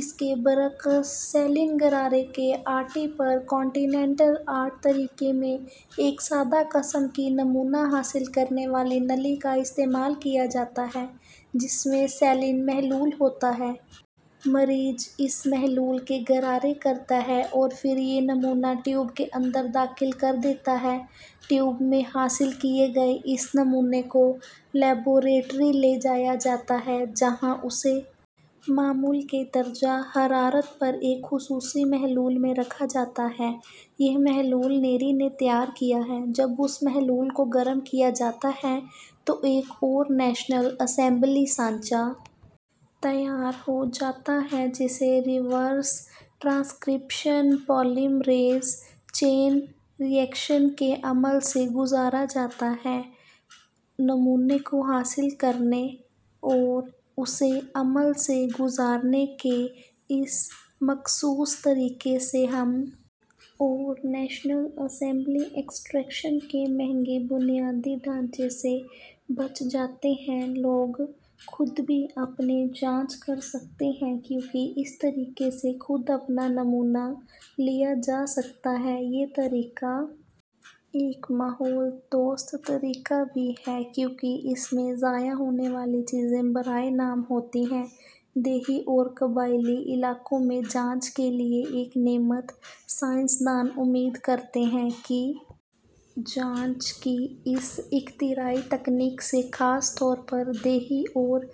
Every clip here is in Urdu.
اس کے برعکس سیلین غرارے کے R T P C R طریقے میں ایک سادہ قسم کی نمونہ حاصل کرنے والی نلی کا استعمال کیا جاتا ہے جس میں سیلین محلول ہوتا ہے مریض اس محلول کے غرارے کرتا ہے اور پھر یہ نمونہ ٹیوب کے اندر داخل کر دیتا ہے ٹیوب میں حاصل کیے گئے اس نمونے کو لیبارٹری لے جایا جاتا ہے جہاں اسے معمول کے درجہ حرارت پر ایک خصوصی محلول میں رکھا جاتا ہے یہ محلول نیری نے تیار کیا ہے جب اس محلول کو گرم کیا جاتا ہے تو ایک آر این اے سانچہ تیار ہو جاتا ہے جسے reverse transcription polymerase chain reaction کے عمل سے گزارا جاتا ہے نمونے کو حاصل کرنے اور اسے عمل سے گزارنے کے اس مخصوص طریقے سے ہم آر این اے ایکسٹریکشن کے مہنگے بنیادی ڈھانچے سے بچ جاتے ہیں لوگ خود بھی اپنی جانچ کر سکتے ہیں کیونکہ اس طریقے سے خود اپنا نمونہ لیا جا سکتا ہے یہ طریقہ ایک ماحول دوست طریقہ بھی ہے کیونکہ اس میں ضائع ہونے والی چیزیں برائے نام ہوتی ہیں دیہی اور قبائلی علاقوں میں جانچ کے لیے ایک نعمت سائنس دان امید کرتے ہیں کہ جانچ کی اس اختراعی تکنیک سے خاص طور پر دیہی اور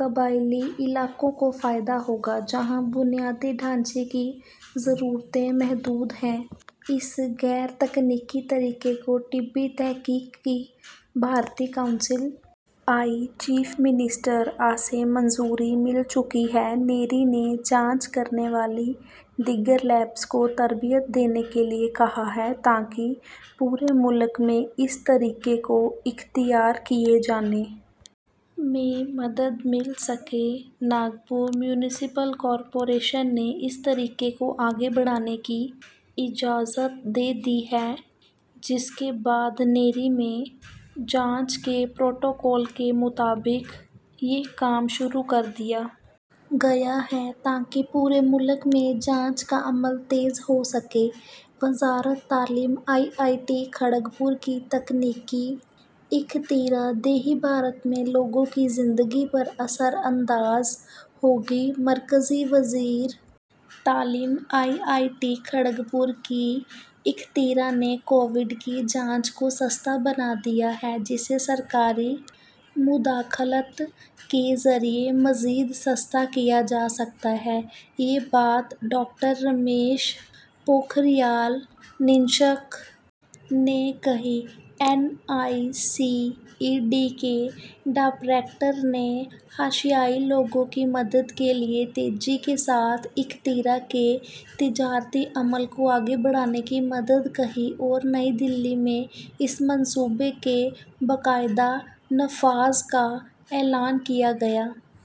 قبائلی علاقوں کو فائدہ ہوگا جہاں بنیادی ڈھانچے کی ضرورتیں محدود ہیں اس غیر تکنیکی طریقے کو طبی تحقیق کی بھارتی council I C M R سے منظوری مل چکی ہے نیری نے جانچ کرنے والی دیگر لیبز کو تربیت دینے کے لیے کہا ہے تاکہ پورے ملک میں اس طریقے کو اختیار کیے جانے میں مدد مل سکے ناگپور میونسپل کارپوریشن نے اس طریقے کو آگے بڑھانے کی اجازت دے دی ہے جس کے بعد نیری میں جانچ کے پروٹوکول کے مطابق یہ کام شروع کر دیا گیا ہے تاکہ پورے ملک میں جانچ کا عمل تیز ہو سکے وزارت تعلیم آئی آئی ٹی کھڑگپور کی تکنیکی اختراع دیہی بھارت میں لوگوں کی زندگی پر اثر انداز ہوگی مرکزی وزیر تعلیم آئی آئی ٹی کھڑگپور کی اختراع نے کووڈ کی جانچ کو سستا بنا دیا ہے جسے سرکاری مداخلت کے ذریعے مزید سستا کیا جا سکتا ہے یہ بات ڈاکٹر رمیش پوکھریال نشنک نے کہی N I C E D کے ڈائریکٹر نے حاشیائی لوگوں کی مدد کے لیے تیزی کے ساتھ اختراع کے تجارتی عمل کو آگے بڑھانے کی بات کہی اور نئی دہلی میں اس منصوبے کے باضابطہ نفاذ کا اعلان کیا گیا